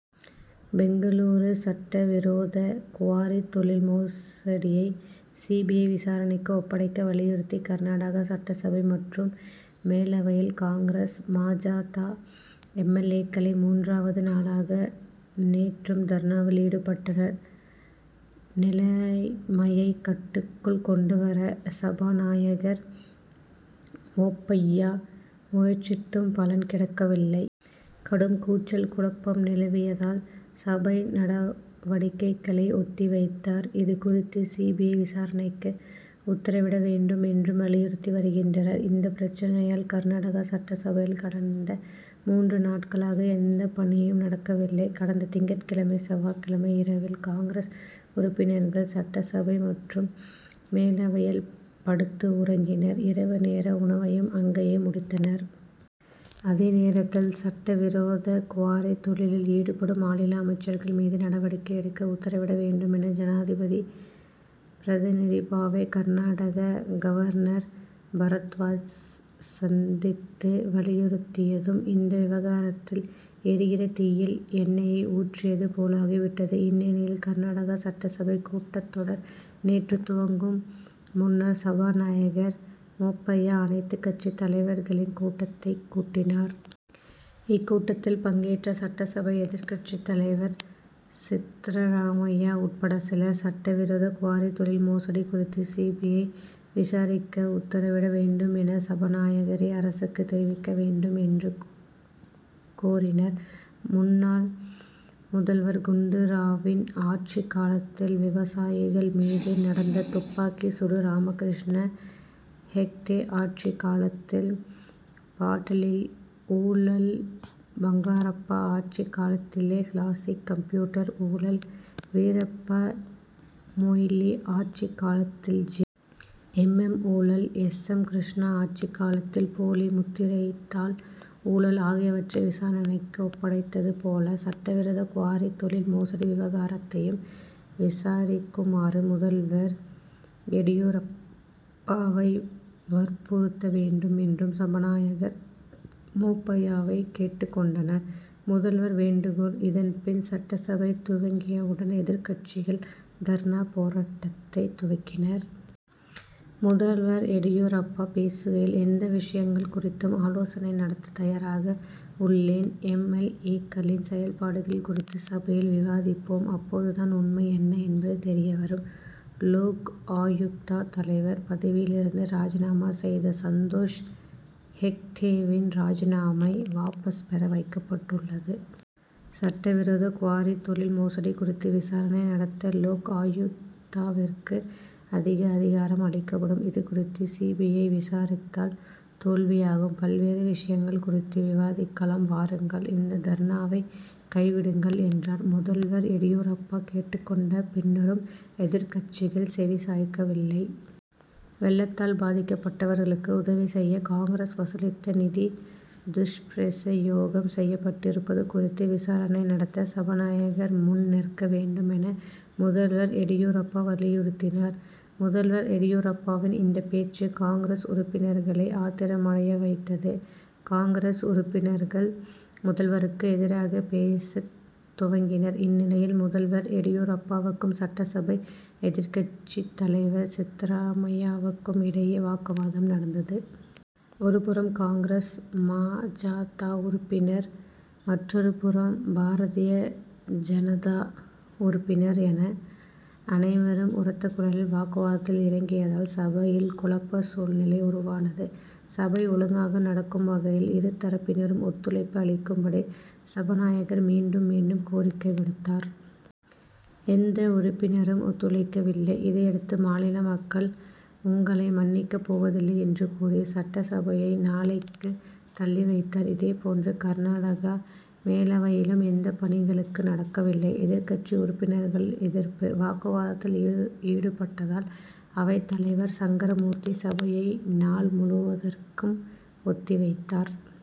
பெங்களூரு சட்ட விரோத குவாரி தொழில் மோசடியை சி. பி. ஐ., விசாரணைக்கு ஒப்படைக்க வலியுறுத்தி, கர்நாடகா சட்டசபை மற்றும் மேலவையில் காங்கிரஸ், ம. ஜ. த., எம். எல். ஏ.,க்கள் மூன்றாவது நாளாக நேற்றும் தர்ணாவில் ஈடுபட்டனர். நிலைமையை கட்டுக்குள் கொண்டு வர சபாநாயகர் போப்பய்யா முயற்சித்தும் பலன் கிடைக்கவில்லை. கடும் கூச்சல், குழப்பம் நிலவியதால், சபை நடவடிக்கைகளை ஒத்தி வைத்தார். இது குறித்து சி. பி. ஐ., விசாரணைக்கு உத்தரவிட வேண்டும் என்றும் வலியுறுத்தி வருகின்றன. இந்தப் பிரச்னையால், கர்நாடகா சட்டசபையில் கடந்த மூன்று நாட்களாக எந்த பணியும் நடக்கவில்லை. கடந்த திங்கட்கிழமை, செவ்வாய் கிழமை இரவில் காங்கிரஸ் உறுப்பினர்கள், சட்டசபை மற்றும் மேலவையில் படுத்து உறங்கினர்; இரவு நேர உணவையும் அங்கேயே முடித்தனர். அதே நேரத்தில், சட்ட விரோத குவாரி தொழிலில் ஈடுபடும் மாநில அமைச்சர்கள் மீது நடவடிக்கை எடுக்க உத்தரவிட வேண்டும் என, ஜனாதிபதி பிரதிபாவை கர்நாடக கவர்னர் பரத்வாஜ் சந்தித்து வலியுறுத்தியதும், இந்த விவகாரத்தில் எரிகிற தீயில் எண்ணெய் ஊற்றியது போலாகிவிட்டது. இந்நிலையில், கர்நாடகா சட்டசபை கூட்டத்தொடர் நேற்று துவங்கும் முன்னர் சபாநாயகர் போப்பய்யா, அனைத்து கட்சித் தலைவர்களின் கூட்டத்தைக் கூட்டினார். இக்கூட்டத்தில் பங்கேற்ற சட்டசபை எதிர்க்கட்சித் தலைவர் சித்தராமையா உட்பட சிலர், சட்ட விரோத குவாரி தொழில் மோசடி குறித்து சி. பி. ஐ., விசாரிக்க உத்தரவிட வேண்டும் என, சபாநாயகரே அரசுக்கு தெரிவிக்க வேண்டும் என்று கோரினர். முன்னாள் முதல்வர் குண்டு ராவின் ஆட்சிக் காலத்தில் விவசாயிகள் மீது நடந்த துப்பாக்கிச் சூடு, ராமகிருஷ்ண ஹெக்டே ஆட்சிக் காலத்தில் பாட்டிலிங் ஊழல், பங்காரப்பா ஆட்சிக் காலத்தில் கிளாசிக் கம்ப்யூட்டர் ஊழல், வீரப்ப மொய்லி ஆட்சிக் காலத்தில் ஜெ. எம். எம்., ஊழல், எஸ். எம். கிருஷ்ணா ஆட்சிக் காலத்தில் போலி முத்திரைத்தாள் ஊழல் ஆகியவற்றை விசாரணைக்கு ஒப்படைத்தது போல, சட்ட விரோத குவாரி தொழில் மோசடி விவகாரத்தையும் விசாரிக்குமாறு முதல்வர் எடியூரப்பாவை வற்புறுத்த வேண்டும் என்றும் சபாநாயகர் போப்பய்யாவை கேட்டுக் கொண்டனர். முதல்வர் வேண்டுகோள் இதன் பின், சட்டசபை துவங்கியவுடன் எதிர்க்கட்சிகள் தர்ணா போராட்டத்தை துவக்கினர். முதல்வர் எடியூரப்பா பேசுகையில், எந்த விஷயங்கள் குறித்தும் ஆலோசனை நடத்த தயாராக உள்ளேன். எம். எல். ஏ.,க்களின் செயல்பாடுகள் குறித்து சபையில் விவாதிப்போம்; அப்போது தான் உண்மை என்ன என்பது தெரியவரும். லோக் ஆயுக்தா தலைவர் பதவியிலிருந்து ராஜினாமா செய்த சந்தோஷ் ஹெக்டேவின் ராஜினாமாவை வாபஸ் பெற வைக்கப்பட்டுள்ளது. சட்ட விரோத குவாரி தொழில் மோசடி குறித்து விசாரணை நடத்த, லோக் ஆயுக்தாவிற்கு அதிக அதிகாரம் அளிக்கப்படும். இது குறித்து சி. பி. ஐ., விசாரித்தால் தோல்வியாகும். பல்வேறு விஷயங்கள் குறித்து விவாதிக்கலாம் வாருங்கள்; இந்த தர்ணாவை கைவிடுங்கள், என்றார். முதல்வர் எடியூரப்பா கேட்டுக் கொண்ட பின்னரும், எதிர்க்கட்சிகள் செவி சாய்க்கவில்லை. வெள்ளத்தால் பாதிக்கப்பட்டவர்களுக்கு உதவி செய்ய காங்கிரஸ் வசூலித்த நிதி துஷ்பிரயோகம் செய்யப்பட்டிருப்பது குறித்து விசாரணை நடத்த, சபாநாயகர் முன் நிற்க வேண்டுமென முதல்வர் எடியூரப்பா வலியுறுத்தினார். முதல்வர் எடியூரப்பாவின் இந்த பேச்சு, காங்கிரஸ் உறுப்பினர்களை ஆத்திரமடையவைத்தது. காங்கிரஸ் உறுப்பினர்கள், முதல்வருக்கு எதிராக பேசத் துவங்கினர். இந்நிலையில், முதல்வர் எடியூரப்பாவுக்கும், சட்டசபை எதிர்க்கட்சித் தலைவர் சித்தராமையாவுக்கும் இடையே வாக்குவாதம் நடந்தது. ஒரு புறம் காங்கிரஸ், ம. ஜ. த., உறுப்பினர்கள், மற்றொரு புறம் பாரதிய ஜனதா உறுப்பினர்கள் என அனைவரும் உரத்த குரலில் வாக்குவாதத்தில் இறங்கியதால், சபையில் குழப்ப சூழ்நிலை உருவானது. சபை ஒழுங்காக நடக்கும் வகையில் இரு தரப்பினரும் ஒத்துழைப்பு அளிக்கும்படி சபாநாயகர் மீண்டும் மீண்டும் கோரிக்கை விடுத்தார். எந்த உறுப்பினரும் ஒத்துழைக்கவில்லை. இதையடுத்து, மாநில மக்கள் உங்களை மன்னிக்கப் போவதில்லை என்று கூறி, சட்டசபையை நாளைக்கு தள்ளி வைத்தார். இதே போன்று கர்நாடகா மேலவையிலும் எந்த பணிகளும் நடக்கவில்லை. எதிர்க்கட்சி உறுப்பினர்கள் எதிர்ப்பு, வாக்குவாதத்தில் ஈடுபட்டதால் அவைத் தலைவர் சங்கரமூர்த்தி, சபையை நாள் முழுவதற்கும் ஒத்தி வைத்தார்.